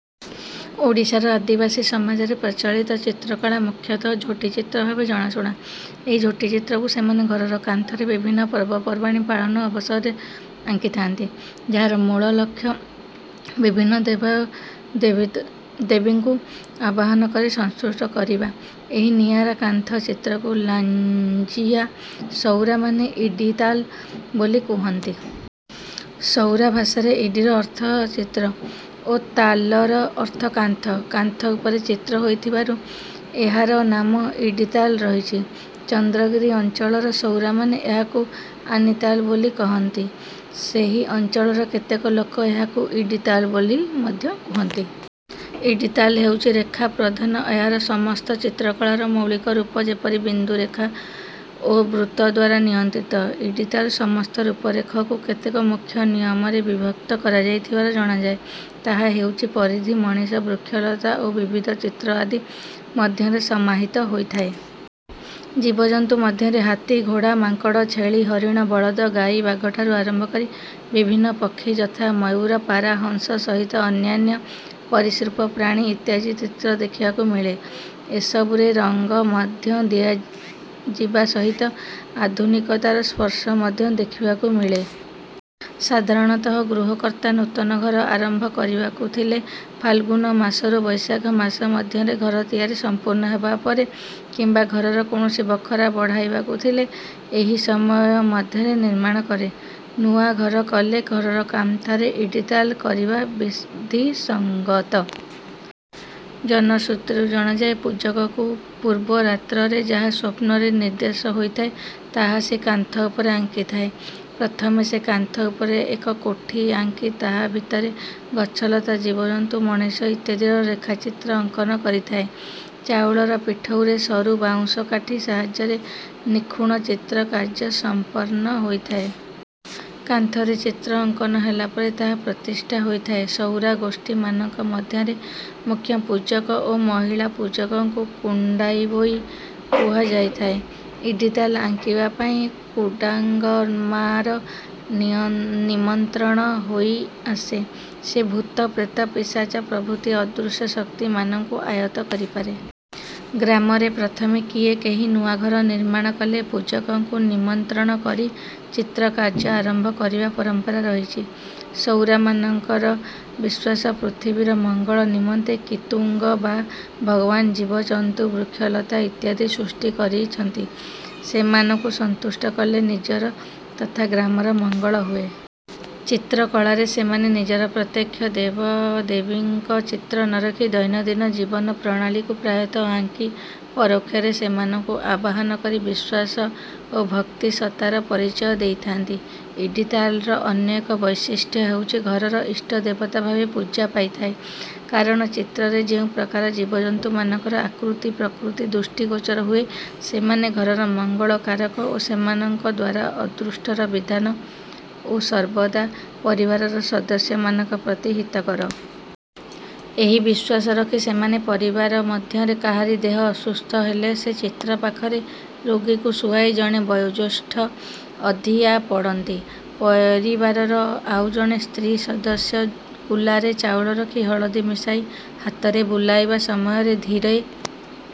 ଓଡ଼ିଶାର ଆଦିବାସୀ ସମାଜରେ ପ୍ରଚଳିତ ଚିତ୍ରକଳା ମୁଖ୍ୟତଃ ଝୋଟି ଚିତ୍ର ଭାବେ ଜଣାଶୁଣା। ଏହି ଝୋଟିଚିତ୍ରକୁ ସେମାନେ ଘରର କାନ୍ଥରେ ବିଭିନ୍ନ ପର୍ବପର୍ବାଣି ପାଳନ ଅବସରରେ ଆଙ୍କିଥାନ୍ତି ଯାହାର ମୂଳ ଲକ୍ଷ୍ୟ ବିଭିନ୍ନ ଦେବଦେବୀଙ୍କୁ ଆବାହନ କରି ସନ୍ତୁଷ୍ଟ କରିବା। ଏହି ନିଆରା କାନ୍ଥଚିତ୍ରକୁ ଲାଞ୍ଜିଆ ସଉରାମାନେ ଇଡ଼ିତାଲ ବୋଲି କୁହନ୍ତି। ସଉରା ଭାଷାରେ ଇଡ଼ିର ଅର୍ଥ ଚିତ୍ର ଓ ତାଲର ଅର୍ଥ କାନ୍ଥ। କାନ୍ଥ ଉପରେ ଚିତ୍ର ହୋଇଥିବାରୁ ଏହାର ନାମ ଇଡ଼ିତାଲ ରହିଛି। ଚନ୍ଦ୍ରଗିରି ଅଞ୍ଚଳର ସଉରାମାନେ ଏହାକୁ ଆନିତାଲ ବୋଲି କହନ୍ତି। ସେହି ଅଞ୍ଚଳର କେତେକ ଲୋକ ଏହାକୁ ଇଡ଼ିତାଲ ବୋଲି ମଧ୍ୟ କୁହନ୍ତି। ଇଡ଼ିତାଲ ହେଉଛି ରେଖା ପ୍ରଧାନ ଏହାର ସମସ୍ତ ଚିତ୍ରକଳାର ମୌଳିକ ରୂପ ଯେପରି ବିନ୍ଦୁ ରେଖା ଓ ବୃତ୍ତ ଦ୍ୱାରା ନିୟନ୍ତ୍ରିତ। ଇଡ଼ିତାଲ ସମସ୍ତ ରୂପରେଖକୁ କେତେକ ମୁଖ୍ୟ ନିୟମରେ ବିଭକ୍ତ କରାଯାଇଥିବାର ଜଣାଯାଏ। ତାହା ହେଉଛି ପରିଧି ମଣିଷ ବୃକ୍ଷଲତା ଓ ବିବିଧ ଚିତ୍ର ଆଦି ମଧ୍ୟରେ ସମାହିତ ହୋଇଥାଏ। ଜୀବଜନ୍ତୁ ମଧ୍ୟରେ ହାତୀ ଘୋଡ଼ା ମାଙ୍କଡ଼ ଛେଳି ହରିଣ ବଳଦ ଗାଈ ବାଘଠାରୁ ଆରମ୍ଭ କରି ବିଭିନ୍ନ ପକ୍ଷୀ ଯଥା ମୟୂର ପାରା ହଂସ ସହିତ ଅନ୍ୟାନ୍ୟ ସରୀସୃପ ପ୍ରାଣୀ ଇତ୍ୟାଦି ଚିତ୍ର ଦେଖିବାକୁ ମିଳେ ଏସବୁରେ ରଙ୍ଗ ମଧ୍ୟ ଦିଆଯିବା ସହିତ ଆଧୁନିକତାର ସ୍ପର୍ଶ ମଧ୍ୟ ଦେଖିବାକୁ ମିଳେ। ସାଧାରଣତଃ ଗୃହକର୍ତ୍ତା ନୂତନ ଘର ଆରମ୍ଭ କରିବାକୁ ଥିଲେ ଫାଲଗୁନ ମାସରୁ ବୈଶାଖ ମାସ ମଧ୍ୟରେ ଘର ତିଆରି ସମ୍ପୂର୍ଣ୍ଣ ହେବା ପରେ କିମ୍ବା ଘରର କୌଣସି ବଖରା ବଢ଼ାଇବାକୁ ଥିଲେ ଏହି ସମୟ ମଧ୍ୟରେ ନିର୍ମାଣ କରେ। ନୂଆ ଘର କଲେ ଘରର କାନ୍ଥରେ ଇଡ଼ିତାଲ କରିବା ବିଧିସଙ୍ଗତ। ଜନଶ୍ରୁତିରୁ ଜଣାଯାଏ ପୂଜକକୁ ପୂର୍ବ ରାତ୍ରରେ ଯାହା ସ୍ୱପ୍ନରେ ନିର୍ଦ୍ଦେଶ ହୋଇଥାଏ ତାହା ସେ କାନ୍ଥ ଉପରେ ଆଙ୍କିଥାଏ। ପ୍ରଥମେ ସେ କାନ୍ଥ ଉପରେ ଏକ କୋଠି ଆଙ୍କି ତାହା ଭିତରେ ଗଛଲତା ଜୀବଜନ୍ତୁ ମଣିଷ ଇତ୍ୟାଦିର ରେଖାଚିତ୍ର ଅଙ୍କନ କରିଥାଏ। ଚାଉଳର ପିଠଉରେ ସରୁ ବାଉଁଶ କାଠି ସାହାଯ୍ୟରେ ନିଖୁଣ ଚିତ୍ର କାର୍ଯ୍ୟ ସମ୍ପନ୍ନ ହୋଇଥାଏ। କାନ୍ଥରେ ଚିତ୍ର ଅଙ୍କନ ହେଲା ପରେ ତାହା ପ୍ରତିଷ୍ଠା ହୋଇଥାଏ। ସଉରା ଗୋଷ୍ଠୀମାନଙ୍କ ମଧ୍ୟରେ ମୁଖ୍ୟ ପୂଜକ ଓ ମହିଳା ପୂଜକଙ୍କୁ କୁଣ୍ଡାବୋଇ କୁହାଯାଇଥାଏ। ଇଡ଼ିତାଲ ଆଙ୍କିବା ପାଇଁ କୁଡ଼ାଙ୍ଗମ୍ମାର ନିମନ୍ତ୍ରଣ ହୋଇଆସେ। ସେ ଭୂତ ପ୍ରେତ ପିଶାଚ ପ୍ରଭୃତି ଅଦୃଶ୍ୟ ଶକ୍ତିମାନଙ୍କୁ ଆୟତ୍ତ କରିପାରେ। ଗ୍ରାମରେ ପ୍ରଥମେ କିଏ କେହି ନୂଆ ଘର ନିର୍ମାଣ କଲେ ପୂଜକଙ୍କୁ ନିମନ୍ତ୍ରଣ କରି ଚିତ୍ର କାର୍ଯ୍ୟ ଆରମ୍ଭ କରିବା ପରମ୍ପରା ରହିଛି। ସଉରାମାନଙ୍କର ବିଶ୍ୱାସ ପୃଥିବୀର ମଙ୍ଗଳ ନିମନ୍ତେ କିତୁଙ୍ଗ ବା ଭଗବାନ ଜୀବଜନ୍ତୁ ବୃକ୍ଷଲତା ଇତ୍ୟାଦି ସୃଷ୍ଟି କରିଛନ୍ତି। ସେମାନଙ୍କୁ ସନ୍ତୁଷ୍ଟ କଲେ ନିଜର ତଥା ଗ୍ରାମର ମଙ୍ଗଳ ହୁଏ। ଚିତ୍ରକଳାରେ ସେମାନେ ନିଜର ପ୍ରତ୍ୟକ୍ଷ ଦେବଦେବୀଙ୍କ ଚିତ୍ର ନ ରଖି ଦୈନନ୍ଦିନ ଜୀବନ ପ୍ରଣାଳୀକୁ ପ୍ରାୟତଃ ଆଙ୍କି ପରୋକ୍ଷରେ ସେମାନଙ୍କୁ ଆବାହନ କରି ବିଶ୍ୱାସ ଓ ଭକ୍ତିସତ୍ତାର ପରିଚୟ ଦେଇଥାନ୍ତି। ଇଡ଼ିତାଲର ଅନ୍ୟ ଏକ ବୈଶିଷ୍ଟ୍ୟ ହେଉଛି ଘରର ଇଷ୍ଟଦେବତା ଭାବେ ପୂଜା ପାଇଥାଏ। କାରଣ ଚିତ୍ରରେ ଯେଉଁ ପ୍ରକାରର ଜୀବଜନ୍ତୁମାନଙ୍କର ଆକୃତି ପ୍ରକୃତି ଦୃଷ୍ଟିଗୋଚର ହୁଏ ସେମାନେ ଘରର ମଙ୍ଗଳକାରକ ଓ ସେମାନଙ୍କ ଦ୍ୱାରା ଅଦୃଷ୍ଟର ବିଧାନ ଓ ସର୍ବଦା ପରିବାରର ସଦସ୍ୟମାନଙ୍କ ପ୍ରତି ହିତକର। ଏହି ବିଶ୍ୱାସ ରଖି ସେମାନେ ପରିବାର ମଧ୍ୟରେ କାହାରି ଦେହ ଅସୁସ୍ଥ ହେଲେ ସେ ଚିତ୍ର ପାଖରେ ରୋଗୀକୁ ଶୁଆଇ ଜଣେ ବୟୋଜ୍ୟେଷ୍ଠ ଅଧିଆ ପଡ଼ନ୍ତି। ପରିବାରର ଆଉ ଜଣେ ସ୍ତ୍ରୀ ସଦସ୍ୟ କୁଲାରେ ଚାଉଳ ରଖି ହଳଦୀ ମିଶାଇ ହାତରେ ବୁଲାଇବା ସମୟରେ ଧୀରେ